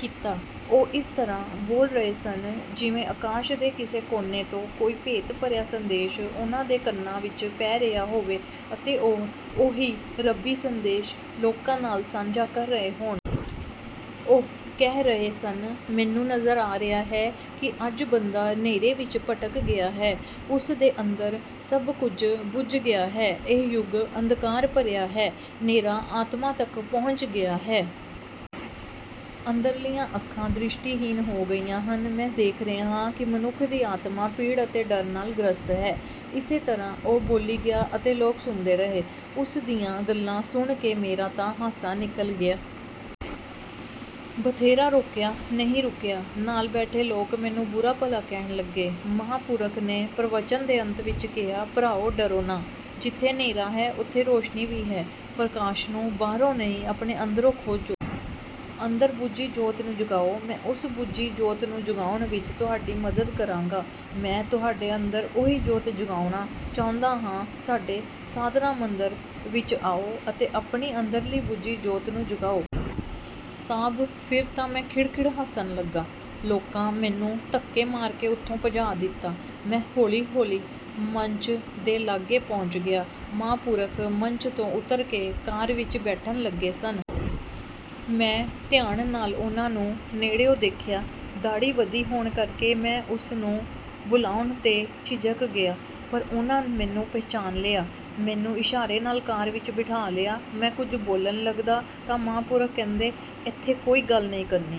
ਕੀਤਾ। ਉਹ ਇਸ ਤਰ੍ਹਾਂ ਬੋਲ ਰਹੇ ਸਨ ਜਿਵੇਂ ਆਕਾਸ਼ ਦੇ ਕਿਸੇ ਕੋਨੇ ਤੋਂ ਕੋਈ ਭੇਤ ਭਰਿਆ ਸੰਦੇਸ਼ ਉਨ੍ਹਾਂ ਦੇ ਕੰਨਾਂ ਵਿੱਚ ਪੈ ਰਿਹਾ ਹੋਵੇ ਅਤੇ ਉਹ ਉਹੀ ਰੱਬੀ ਸੰਦੇਸ਼ ਲੋਕਾਂ ਨਾਲ ਸਾਂਝਾ ਕਰ ਰਹੇ ਹੋਣ। ਉਹ ਕਹਿ ਰਹੇ ਸਨ, "ਮੈਨੂੰ ਨਜ਼ਰ ਆ ਰਿਹਾ ਹੈ ਕਿ ਅੱਜ ਬੰਦਾ ਨ੍ਹੇਰੇ ਵਿੱਚ ਭਟਕ ਗਿਆ ਹੈ। ਉਸ ਦੇ ਅੰਦਰ ਸਭ ਕੁਝ ਬੁਝ ਗਿਆ ਹੈ। ਇਹ ਯੁੱਗ ਅੰਧਕਾਰ ਭਰਿਆ ਹੈ। ਨ੍ਹੇਰਾ ਆਤਮਾ ਤੱਕ ਪਹੁੰਚ ਗਿਆ ਹੈ। ਅੰਦਰਲੀਆਂ ਅੱਖਾਂ ਦ੍ਰਿਸ਼ਟੀਹੀਣ ਹੋ ਗਈਆਂ ਹਨ। ਮੈਂ ਦੇਖ ਰਿਹਾ ਹਾਂ ਕਿ ਮਨੁੱਖ ਦੀ ਆਤਮਾ ਪੀੜ ਅਤੇ ਡਰ ਨਾਲ ਗ੍ਰਸਤ ਹੈ।" ਇਸੇ ਤਰ੍ਹਾਂ ਉਹ ਬੋਲੀ ਗਿਆ ਅਤੇ ਲੋਕ ਸੁਣਦੇ ਰਹੇ। ਉਸ ਦੀਆਂ ਗੱਲਾਂ ਸੁਣ ਕੇ ਮੇਰਾ ਤਾਂ ਹਾਸਾ ਨਿਕਲ ਗਿਆ। ਬਥੇਰਾ ਰੋਕਿਆ, ਨਹੀਂ ਰੁਕਿਆ। ਨਾਲ ਬੈਠੇ ਲੋਕ ਮੈਨੂੰ ਬੁਰਾ-ਭਲਾ ਕਹਿਣ ਲੱਗੇ। ਮਹਾਂਪੁਰਖ ਨੇ ਪ੍ਰਵਚਨ ਦੇ ਅੰਤ ਵਿੱਚ ਕਿਹਾ, "ਭਰਾਓ ਡਰੋ ਨਾ। ਜਿੱਥੇ ਨ੍ਹੇਰਾ ਹੈ, ਉੱਥੇ ਰੌਸ਼ਨੀ ਵੀ ਹੈ। ਪ੍ਰਕਾਸ਼ ਨੂੰ ਬਾਹਰੋਂ ਨਹੀਂ ਆਪਣੇ ਅੰਦਰੋਂ ਖੋਜੋ। ਅੰਦਰ ਬੁਝੀ ਜੋਤ ਨੂੰ ਜਗਾਉ। ਮੈਂ ਉਸ ਬੁਝੀ ਜੋਤ ਨੂੰ ਜਗਾਉਣ ਵਿੱਚ ਤੁਹਾਡੀ ਮਦਦ ਕਰਾਂਗਾ। ਮੈਂ ਤੁਹਾਡੇ ਅੰਦਰ ਉਹੀ ਜੋਤ ਜਗਾਉਣਾ ਚਾਹੁੰਦਾ ਹਾਂ। ਸਾਡੇ 'ਸਾਧਨਾ ਮੰਦਰ' ਵਿੱਚ ਆਉ ਅਤੇ ਆਪਣੀ ਅੰਦਰਲੀ ਬੁਝੀ ਜੋਤ ਨੂੰ ਜਗਾਉ।" ਸਾਬ੍ਹ ਫਿਰ ਤਾਂ ਮੈਂ ਖਿੜ ਖਿੜ ਹੱਸਣ ਲੱਗਾ। ਲੋਕਾਂ ਮੈਨੂੰ ਧੱਕੇ ਮਾਰ ਕੇ ਉੱਥੋਂ ਭਜਾ ਦਿੱਤਾ। ਮੈਂ ਹੌਲੀ ਹੌਲੀ ਮੰਚ ਦੇ ਲਾਗੇ ਪਹੁੰਚ ਗਿਆ। ਮਹਾਂਪੁਰਖ ਮੰਚ ਤੋਂ ਉੱਤਰ ਕੇ ਕਾਰ ਵਿੱਚ ਬੈਠਣ ਲੱਗੇ ਸਨ। ਮੈਂ ਧਿਆਨ ਨਾਲ ਉਨ੍ਹਾਂ ਨੂੰ ਨੇੜਿਉਂ ਦੇਖਿਆ। ਦਾੜ੍ਹੀ ਵਧੀ ਹੋਣ ਕਰਕੇ ਮੈਂ ਉਸ ਨੂੰ ਬੁਲਾਉਣ 'ਤੇ ਝਿਜਕ ਗਿਆ, ਪਰ ਉਨ੍ਹਾਂ ਮੈਨੂੰ ਪਛਾਣ ਲਿਆ। ਮੈਨੂੰ ਇਸ਼ਾਰੇ ਨਾਲ ਕਾਰ ਵਿੱਚ ਬਿਠਾ ਲਿਆ। ਮੈਂ ਕੁਝ ਬੋਲਣ ਲੱਗਦਾ ਤਾਂ ਮਹਾਂਪੁਰਖ ਕਹਿੰਦੇ, "ਐਥੇ ਕੋਈ ਗੱਲ ਨਹੀਂ ਕਰਨੀ।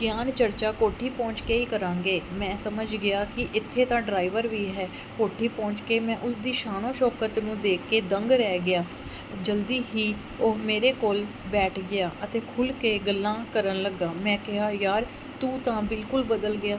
ਗਿਆਨ ਚਰਚਾ ਕੋਠੀ ਪਹੁੰਚ ਕੇ ਹੀ ਕਰਾਂਗੇ।" ਮੈਂ ਸਮਝ ਗਿਆ ਕਿ ਇੱਥੇ ਤਾਂ ਡਰਾਈਵਰ ਵੀ ਹੈ। ਕੋਠੀ ਪਹੁੰਚ ਕੇ ਮੈਂ ਉਸ ਦੀ ਸ਼ਾਨੋ-ਸ਼ੌਕਤ ਨੂੰ ਦੇਖ ਕੇ ਦੰਗ ਰਹਿ ਗਿਆ। ਜਲਦੀ ਹੀ ਉਹ ਮੇਰੇ ਕੋਲ ਬੈਠ ਗਿਆ ਅਤੇ ਖੁੱਲ੍ਹ ਕੇ ਗੱਲਾਂ ਕਰਨ ਲੱਗਾ। ਮੈਂ ਕਿਹਾ, "ਯਾਰ ਤੂੰ ਤਾਂ ਬਿਲਕੁਲ ਬਦਲ ਗਿਆ।"